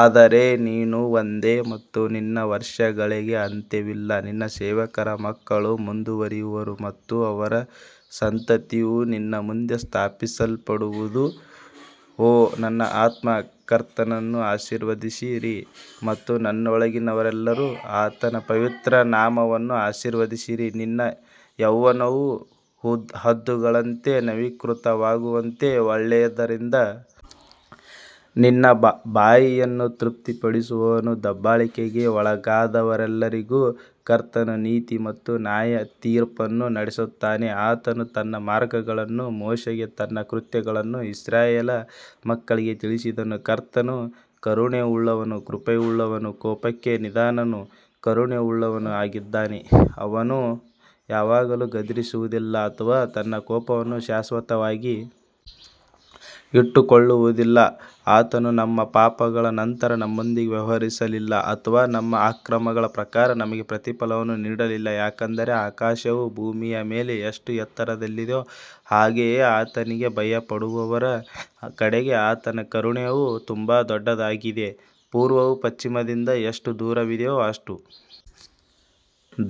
ಆದರೆ ನೀನು ಒಂದೇ ಮತ್ತು ನಿನ್ನ ವರ್ಷಗಳಿಗೆ ಅಂತ್ಯವಿಲ್ಲ ನಿನ್ನ ಸೇವಕರ ಮಕ್ಕಳು ಮುಂದುವರಿಯುವರು ಮತ್ತು ಅವರ ಸಂತತಿಯು ನಿನ್ನ ಮುಂದೆ ಸ್ಥಾಪಿಸಲ್ಪಡುವದು ಓ ನನ್ನ ಆತ್ಮ ಕರ್ತನನ್ನು ಆಶೀರ್ವದಿಸಿರಿ ಮತ್ತು ನನ್ನೊಳಗಿನವರೆಲ್ಲರೂ ಆತನ ಪವಿತ್ರ ನಾಮವನ್ನು ಆಶೀರ್ವದಿಸಿರಿ ನಿನ್ನ ಯೌವನವು ಹದ್ದುಗಳಂತೆ ನವೀಕೃತವಾಗುವಂತೆ ಒಳ್ಳೆಯದರಿಂದ ನಿನ್ನ ಬಾಯಿಯನ್ನು ತೃಪ್ತಿಪಡಿಸುವವನು ದಬ್ಬಾಳಿಕೆಗೆ ಒಳಗಾದವರೆಲ್ಲರಿಗೂ ಕರ್ತನು ನೀತಿ ಮತ್ತು ನ್ಯಾಯತೀರ್ಪನ್ನು ನಡೆಸುತ್ತಾನೆ ಆತನು ತನ್ನ ಮಾರ್ಗಗಳನ್ನು ಮೋಶೆಗೆ ತನ್ನ ಕೃತ್ಯಗಳನ್ನು ಇಸ್ರಾಯೇಲ್ ಮಕ್ಕಳಿಗೆ ತಿಳಿಸಿದನು ಕರ್ತನು ಕರುಣೆಯುಳ್ಳವನೂ ಕೃಪೆಯುಳ್ಳವನೂ ಕೋಪಕ್ಕೆ ನಿಧಾನನೂ ಕರುಣೆಯುಳ್ಳವನೂ ಆಗಿದ್ದಾನೆ ಅವನು ಯಾವಾಗಲೂ ಗದರಿಸುವುದಿಲ್ಲ ಅಥವಾ ತನ್ನ ಕೋಪವನ್ನು ಶಾಶ್ವತವಾಗಿ ಇಟ್ಟುಕೊಳ್ಳುವುದಿಲ್ಲ ಆತನು ನಮ್ಮ ಪಾಪಗಳ ನಂತರ ನಮ್ಮೊಂದಿಗೆ ವ್ಯವಹರಿಸಲಿಲ್ಲ ಅಥವಾ ನಮ್ಮ ಅಕ್ರಮಗಳ ಪ್ರಕಾರ ನಮಗೆ ಪ್ರತಿಫಲವನ್ನು ನೀಡಲಿಲ್ಲ ಯಾಕಂದರೆ ಆಕಾಶವು ಭೂಮಿಯ ಮೇಲೆ ಎಷ್ಟು ಎತ್ತರದಲ್ಲಿದೆಯೋ ಹಾಗೆಯೇ ಆತನಿಗೆ ಭಯಪಡುವವರ ಕಡೆಗೆ ಆತನ ಕರುಣೆಯು ತುಂಬಾ ದೊಡ್ಡದಾಗಿದೆ ಪೂರ್ವವು ಪಶ್ಚಿಮದಿಂದ ಎಷ್ಟು ದೂರವಿದೆಯೋ ಅಷ್ಟು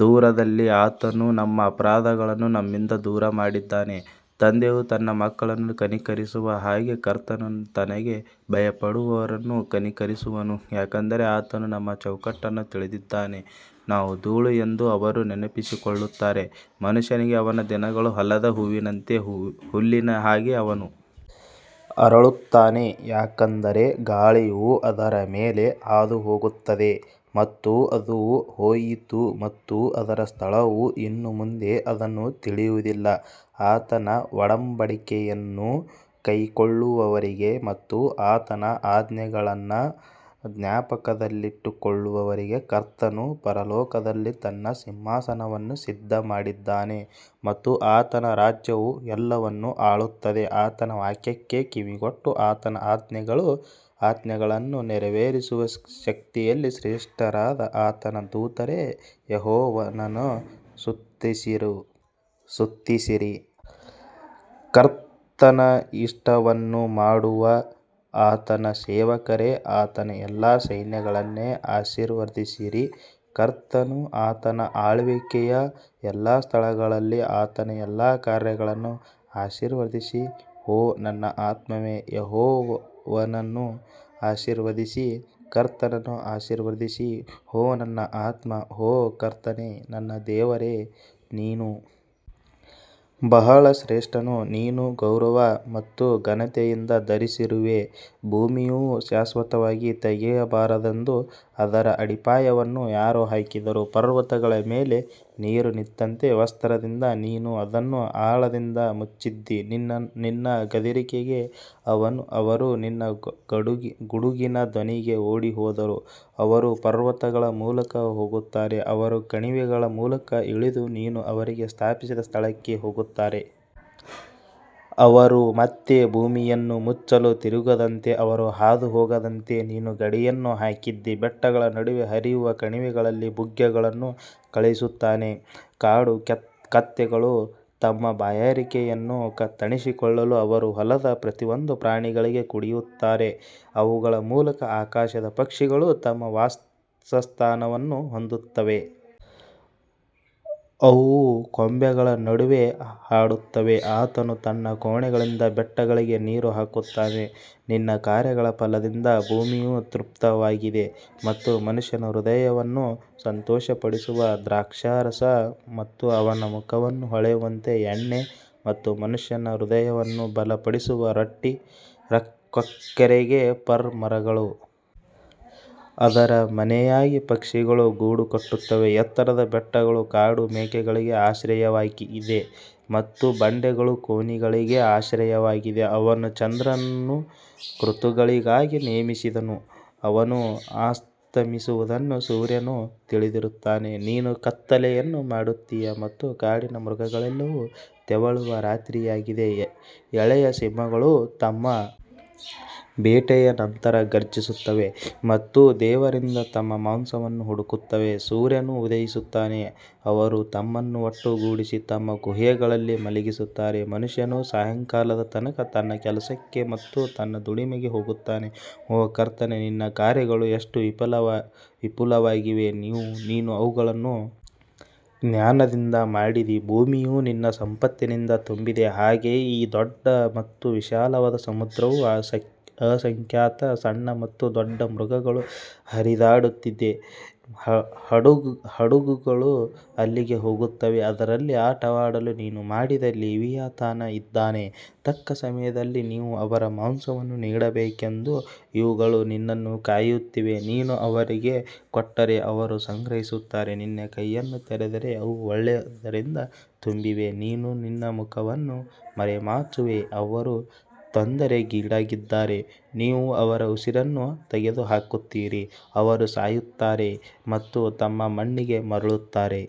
ದೂರದಲ್ಲಿ ಆತನು ನಮ್ಮ ಅಪರಾಧಗಳನ್ನು ನಮ್ಮಿಂದ ದೂರಮಾಡಿದ್ದಾನೆ ತಂದೆಯು ತನ್ನ ಮಕ್ಕಳನ್ನು ಕನಿಕರಿಸುವ ಹಾಗೆ ಕರ್ತನು ತನಗೆ ಭಯಪಡುವವರನ್ನು ಕನಿಕರಿಸುವನು ಯಾಕಂದರೆ ಆತನು ನಮ್ಮ ಚೌಕಟ್ಟನ್ನು ತಿಳಿದಿದ್ದಾನೆ ನಾವು ಧೂಳು ಎಂದು ಅವರು ನೆನಪಿಸಿಕೊಳ್ಳುತ್ತಾರೆ ಮನುಷ್ಯನಿಗೆ ಅವನ ದಿನಗಳು ಹೊಲದ ಹೂವಿನಂತೆ ಹುಲ್ಲಿನ ಹಾಗೆ ಅವನು ಅರಳುತ್ತಾನೆ ಯಾಕಂದರೆ ಗಾಳಿಯು ಅದರ ಮೇಲೆ ಹಾದುಹೋಗುತ್ತದೆ ಮತ್ತು ಅದು ಹೋಯಿತು ಮತ್ತು ಅದರ ಸ್ಥಳವು ಇನ್ನು ಮುಂದೆ ಅದನ್ನು ತಿಳಿಯುವುದಿಲ್ಲ ಆತನ ಒಡಂಬಡಿಕೆಯನ್ನು ಕೈಕೊಳ್ಳುವವರಿಗೆ ಮತ್ತು ಆತನ ಆಜ್ಞೆಗಳನ್ನು ಜ್ಞಾಪಕದಲ್ಲಿಟ್ಟುಕೊಳ್ಳುವವರಿಗೆ ಕರ್ತನು ಪರಲೋಕದಲ್ಲಿ ತನ್ನ ಸಿಂಹಾಸನವನ್ನು ಸಿದ್ಧಮಾಡಿದ್ದಾನೆ ಮತ್ತು ಆತನ ರಾಜ್ಯವು ಎಲ್ಲವನ್ನು ಆಳುತ್ತದೆ ಆತನ ವಾಕ್ಯಕ್ಕೆ ಕಿವಿಗೊಟ್ಟು ಆತನ ಆಜ್ಞೆಗಳನ್ನು ನೆರವೇರಿಸುವ ಶಕ್ತಿಯಲ್ಲಿ ಶ್ರೇಷ್ಠರಾದ ಆತನ ದೂತರೇ, ಯೆಹೋವನನ್ನು ಸ್ತುತಿಸಿರಿ. ಕರ್ತನ ಇಷ್ಟವನ್ನು ಮಾಡುವ ಆತನ ಸೇವಕರೇ, ಆತನ ಎಲ್ಲಾ ಸೈನ್ಯಗಳನ್ನೇ ಆಶೀರ್ವದಿಸಿರಿ ಕರ್ತನು ಆತನ ಆಳ್ವಿಕೆಯ ಎಲ್ಲಾ ಸ್ಥಳಗಳಲ್ಲಿ ಆತನ ಎಲ್ಲಾ ಕಾರ್ಯಗಳನ್ನು ಆಶೀರ್ವದಿಸಿ ಓ ನನ್ನ ಆತ್ಮವೇ ಯೆಹೋವನನ್ನು ಆಶೀರ್ವದಿಸಿ ಕರ್ತನನ್ನು ಆಶೀರ್ವದಿಸಿ ಓ ನನ್ನ ಆತ್ಮ ಓ ಕರ್ತನೇ ನನ್ನ ದೇವರೇ ನೀನು ಬಹಳ ಶ್ರೇಷ್ಠನು ನೀನು ಗೌರವ ಮತ್ತು ಘನತೆಯಿಂದ ಧರಿಸಿರುವೆ ಭೂಮಿಯು ಶಾಶ್ವತವಾಗಿ ತೆಗೆಯಬಾರದೆಂದು ಅದರ ಅಡಿಪಾಯವನ್ನು ಯಾರು ಹಾಕಿದರು ಪರ್ವತಗಳ ಮೇಲೆ ನೀರು ನಿಂತಂತೆ ವಸ್ತ್ರದಿಂದ ನೀನು ಅದನ್ನು ಆಳದಿಂದ ಮುಚ್ಚಿದ್ದೀ ನಿನ್ನ ಗದರಿಕೆಗೆ ಅವರು ನಿನ್ನ ಗುಡುಗಿನ ಧ್ವನಿಗೆ ಓಡಿಹೋದರು ಅವರು ಪರ್ವತಗಳ ಮೂಲಕ ಹೋಗುತ್ತಾರೆ, ಅವರು ಕಣಿವೆಗಳ ಮೂಲಕ ಇಳಿದು ನೀನು ಅವರಿಗೆ ಸ್ಥಾಪಿಸಿದ ಸ್ಥಳಕ್ಕೆ ಹೋಗುತ್ತಾರೆ. ಅವರು ಮತ್ತೆ ಭೂಮಿಯನ್ನು ಮುಚ್ಚಲು ತಿರುಗದಂತೆ ಅವರು ಹಾದುಹೋಗದಂತೆ ನೀನು ಗಡಿಯನ್ನು ಹಾಕಿದ್ದೀ ಬೆಟ್ಟಗಳ ನಡುವೆ ಹರಿಯುವ ಕಣಿವೆಗಳಲ್ಲಿ ಬುಗ್ಗೆಗಳನ್ನು ಕಳುಹಿಸುತ್ತಾನೆ ಕಾಡು ಕತ್ತೆಗಳು ತಮ್ಮ ಬಾಯಾರಿಕೆಯನ್ನು ತಣಿಸಿಕೊಳ್ಳಲು ಅವರು ಹೊಲದ ಪ್ರತಿಯೊಂದು ಪ್ರಾಣಿಗಳಿಗೆ ಕುಡಿಯುತ್ತಾರೆ ಅವುಗಳ ಮೂಲಕ ಆಕಾಶದ ಪಕ್ಷಿಗಳು ತಮ್ಮ ವಾಸಸ್ಥಾನವನ್ನು ಹೊಂದುತ್ತವೆ, ಅವು ಕೊಂಬೆಗಳ ನಡುವೆ ಹಾಡುತ್ತವೆ ಆತನು ತನ್ನ ಕೋಣೆಗಳಿಂದ ಬೆಟ್ಟಗಳಿಗೆ ನೀರು ಹಾಕುತ್ತಾನೆ, ನಿನ್ನ ಕಾರ್ಯಗಳ ಫಲದಿಂದ ಭೂಮಿಯು ತೃಪ್ತವಾಗಿದೆ ಮತ್ತು ಮನುಷ್ಯನ ಹೃದಯವನ್ನು ಸಂತೋಷಪಡಿಸುವ ದ್ರಾಕ್ಷಾರಸ ಮತ್ತು ಅವನ ಮುಖವನ್ನು ಹೊಳೆಯುವಂತೆ ಎಣ್ಣೆ ಮತ್ತು ಮನುಷ್ಯನ ಹೃದಯವನ್ನು ಬಲಪಡಿಸುವ ರೊಟ್ಟಿ ಕೊಕ್ಕರೆಗೆ ಫರ್ ಮರಗಳು ಅದರ ಮನೆಯಾಗಿ ಪಕ್ಷಿಗಳು ಗೂಡು ಕಟ್ಟುತ್ತವೆ ಎತ್ತರದ ಬೆಟ್ಟಗಳು ಕಾಡು ಮೇಕೆಗಳಿಗೆ ಆಶ್ರಯವಾಗಿದೆ ಮತ್ತು ಬಂಡೆಗಳು ಕೋನಿಗಳಿಗೆ ಆಶ್ರಯವಾಗಿದೆ ಅವನು ಚಂದ್ರನನ್ನು ಋತುಗಳಿಗಾಗಿ ನೇಮಿಸಿದನು, ಅವನು ಅಸ್ತಮಿಸುವುದನ್ನು ಸೂರ್ಯನು ತಿಳಿದಿರುತ್ತಾನೆ ನೀನು ಕತ್ತಲೆಯನ್ನು ಮಾಡುತ್ತೀಯ ಮತ್ತು ಕಾಡಿನ ಮೃಗಗಳೆಲ್ಲವೂ ತೆವಳುವ ರಾತ್ರಿಯಾಗಿದೆ ಎಳೆಯ ಸಿಂಹಗಳು ತಮ್ಮ ಬೇಟೆಯ ನಂತರ ಘರ್ಜಿಸುತ್ತವೆ ಮತ್ತು ದೇವರಿಂದ ತಮ್ಮ ಮಾಂಸವನ್ನು ಹುಡುಕುತ್ತವೆ ಸೂರ್ಯನು ಉದಯಿಸುತ್ತಾನೆ, ಅವರು ತಮ್ಮನ್ನು ಒಟ್ಟುಗೂಡಿಸಿ ತಮ್ಮ ಗುಹೆಗಳಲ್ಲಿ ಮಲಗಿಸುತ್ತಾರೆ ಮನುಷ್ಯನು ಸಾಯಂಕಾಲದ ತನಕ ತನ್ನ ಕೆಲಸಕ್ಕೆ ಮತ್ತು ತನ್ನ ದುಡಿಮೆಗೆ ಹೋಗುತ್ತಾನೆ ಓ ಕರ್ತನೇ, ನಿನ್ನ ಕಾರ್ಯಗಳು ಎಷ್ಟು ವಿಪುಲವಾಗಿವೆ, ನೀನು ಅವುಗಳನ್ನು ಜ್ಞಾನದಿಂದ ಮಾಡಿದಿ, ಭೂಮಿಯು ನಿನ್ನ ಸಂಪತ್ತಿನಿಂದ ತುಂಬಿದೆ ಹಾಗೆಯೇ ಈ ದೊಡ್ಡ ಮತ್ತು ವಿಶಾಲವಾದ ಸಮುದ್ರವು ಅಸಂಖ್ಯಾತ ಸಣ್ಣ ಮತ್ತು ದೊಡ್ಡ ಮೃಗಗಳು ಹರಿದಾಡುತ್ತಿದೆ ಹಡಗುಗಳು ಅಲ್ಲಿಗೆ ಹೋಗುತ್ತವೆ, ಅದರಲ್ಲಿ ಆಟವಾಡಲು ನೀನು ಮಾಡಿದ ಲೆವಿಯಾಥನ್ ಇದ್ದಾನೆ ತಕ್ಕ ಸಮಯದಲ್ಲಿ ನೀವು ಅವರ ಮಾಂಸವನ್ನು ನೀಡಬೇಕೆಂದು ಇವುಗಳು ನಿನ್ನನ್ನು ಕಾಯುತ್ತಿವೆ ನೀನು ಅವರಿಗೆ ಕೊಟ್ಟರೆ ಅವರು ಸಂಗ್ರಹಿಸುತ್ತಾರೆ ನಿನ್ನ ಕೈಯನ್ನು ತೆರೆದರೆ ಅವು ಒಳ್ಳೆಯದರಿಂದ ತುಂಬಿವೆ ನೀನು ನಿನ್ನ ಮುಖವನ್ನು ಮರೆಮಾಚುವೆ ಅವರು ತೊಂದರೆಗೀಡಾಗಿದ್ದಾರೆ ನೀವು ಅವರ ಉಸಿರನ್ನು ತೆಗೆದುಹಾಕುತ್ತೀರಿ ಅವರು ಸಾಯುತ್ತಾರೆ ಮತ್ತು ತಮ್ಮ ಮಣ್ಣಿಗೆ ಮರಳುತ್ತಾರೆ.